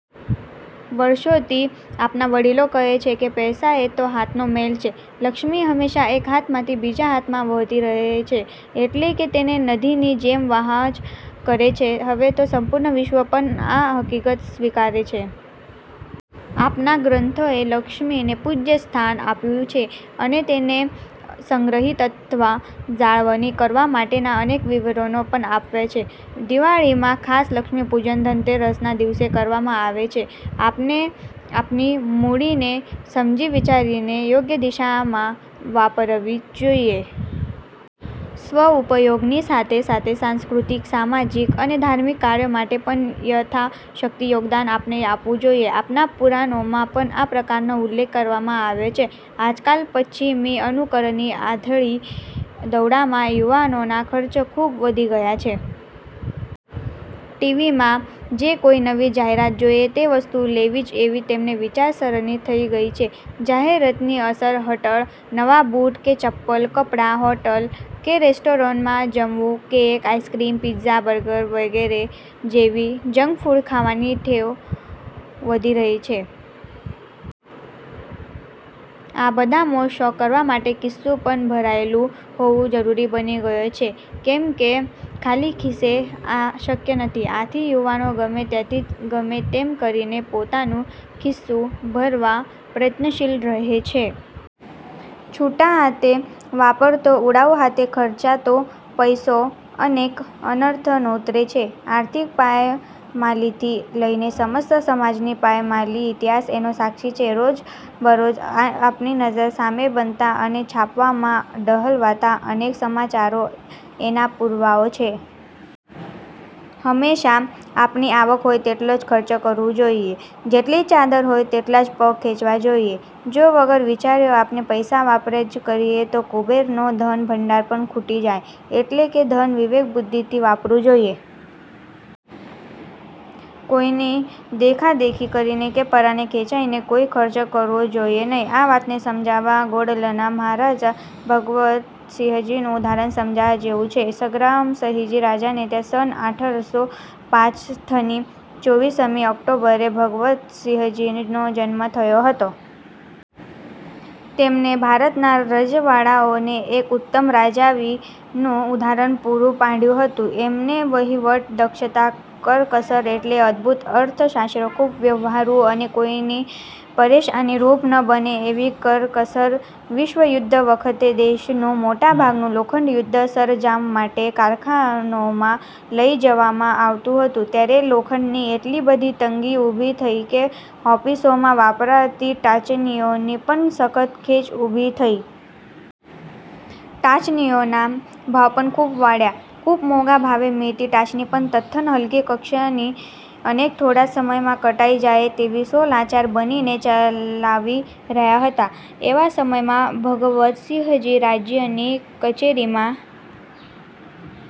વર્ષોથી આપણાં વડીલો કહે છે કે પૈસો એ તો હાથનો મેલ છે. લક્ષ્મી હંમેશા એક હાથમાંથી બીજા હાથમાં વહેતી રહે છે એટલે કે તે નદીની જેમ વહ્યા જ કરે છે. હવે તો સમગ્ર વિશ્વ પણ આ હકીકત સ્વીકારે છે. આપણા ગ્રંથોએ લક્ષ્મીને પૂજ્ય સ્થાન આપ્યું છે અને તેને સંગ્રહિત અથવા જાણવણી કરવા માટેના અનેક વિવરણો પણ આપ્યા છે. દિવાળીમાં ખાસ લક્ષ્મીપૂજન ધનતેરસના દિવસે કરવામાં આવે છે. આપણે આપણી મૂડી ને સમજી વિચારીને યોગ્ય દિશામાં વાપરવી જોઈએ. સ્વઉપયોગની સાથે સાથે સાંસ્કૃતિક, સામાજિક અને ધાર્મિક કાર્યો માટે પણ યથાશક્તિ યોગદાન આપણે આપવું જોઈએ. આપણા પુરાણોમાં પણ આ પ્રકારનો ઉલ્લેખ કરવામાં આવ્યો છે. આજકાલ પશ્ચિમી અનુકરણની આંધળી દોડમાં યુવાનોના ખર્ચા ખૂબ વધી ગયા છે. ટીવીમાં જે કોઈ નવી જાહેરાત જોઈ તે વસ્તુ લેવી જ એવી તેમની વિચારસરણી થઈ ગઈ છે. જાહેરાતની અસર હેઠળ નવા બુટ કે ચપ્પ્લ, કપડાં, હોટલ કે રેસ્ટોરાંમાં જમવાનું, કેક, આઇસ્ક્રીમ, પિત્ઝા, બર્ગર વગેરે જેવી જંકફૂડ ખાવાની ટેવ વધી રહી છે. આ બધા મોજશોખ કરવા માટે ખિસ્સુંં પણ ભરેલું હોવું જરૂરી બની ગયું છે કેમ કે ખાલી ખિસ્સે આ શક્ય નથી. આથી યુવાનો ગમે ત્યાંથી ગમે તેમ કરીને પોતાનું ખિસ્સુંં ભરવા પ્રયત્નશીલ રહે છે. છૂટા હાથે વપરાતો, ઉડાઉ હાથે ખર્ચાતો પૈસો અનેક અનર્થ નોતરે છે. આર્થિક પાયમાલીથી લઈને સમસ્ત સમાજની પાયમાલી. ઇતિહાસ એનો સાક્ષી છે. રોજબરોજ આપણી નજર સામે બનતા અને છાપામાં ઠલવાતા અનેક સમાચારો એના પુરવાઓ છે. હંમેશા આપણી આવક હોય તેટલો જ ખર્ચ કરવો જોઈએ. જેટલી ચાદર હોય તેટલા જ પગ ખેંચવા જોઈએ. જો વગર વિચાર્યે આપણે પૈસા વાપર્યા જ કરીએ તો કુબેરનો ધનભંડાર પણ ખૂટી જાય. એટલે કે ધન વિવેક બુદ્ધિથી વાપરવું જોઈએ. કોઈની દેખાદેખી કરીને કે પરાણે ખેંચાઈને કોઈ ખર્ચ કરવો જોઈએ નહીં. આ વાતને સમજવા ગોંડલના મહારાજા ભગવતસિંહજીનું ઉદાહરણ સમજવા જેવું છે. સંગ્રામસિંહજી રાજાને ત્યાં સન અઢાર સો પાંચથની ચોવીસ મી ઓક્ટોબરે ભગવતસિંહજીનો જન્મ થયો હતો. તેમણે ભારતના રજવાડાંઓને એક ઉત્તમ રાજાવીનું ઉહાદરણ પૂરું પાડ્યું હતું. એમની વહીવટ દક્ષતા, કરકસર એટલે અદભુત અર્થશાસ્ત્ર! ખૂબ વ્યવહારુ અને કોઈને પરેશાનીરૂપ ન બને એવી કરકસર! વિશ્વયુદ્ધ વખતે દેશનું મોટા ભાગનું લોખંડ યુદ્ધ સરંજામ માટે કારખાનાંઓમાં લઈ જવામાં આવતું હતું ત્યારે લોખંડની એટલી બધી તંગી ઊભી થઈ કે ઓફિસોમાં વપરાતી ટાંચણીઓની પણ સખત ખેંચ ઊભી થઈ. ટાંચણીઓના ભાવ પણ ખૂબ વળ્યા. ખૂબ મોંઘા ભાવે મળતી ટાંચણી પણ તદ્દન હલકી કક્ષાની અને થોડા જ સમયમાં કટાઈ જાય તેવી! સૌ લાચાર બનીને ચલાવી રહ્યા હતા. એવા સમયમાં ભગવતસિંહજી રાજ્યની કચેરીમાં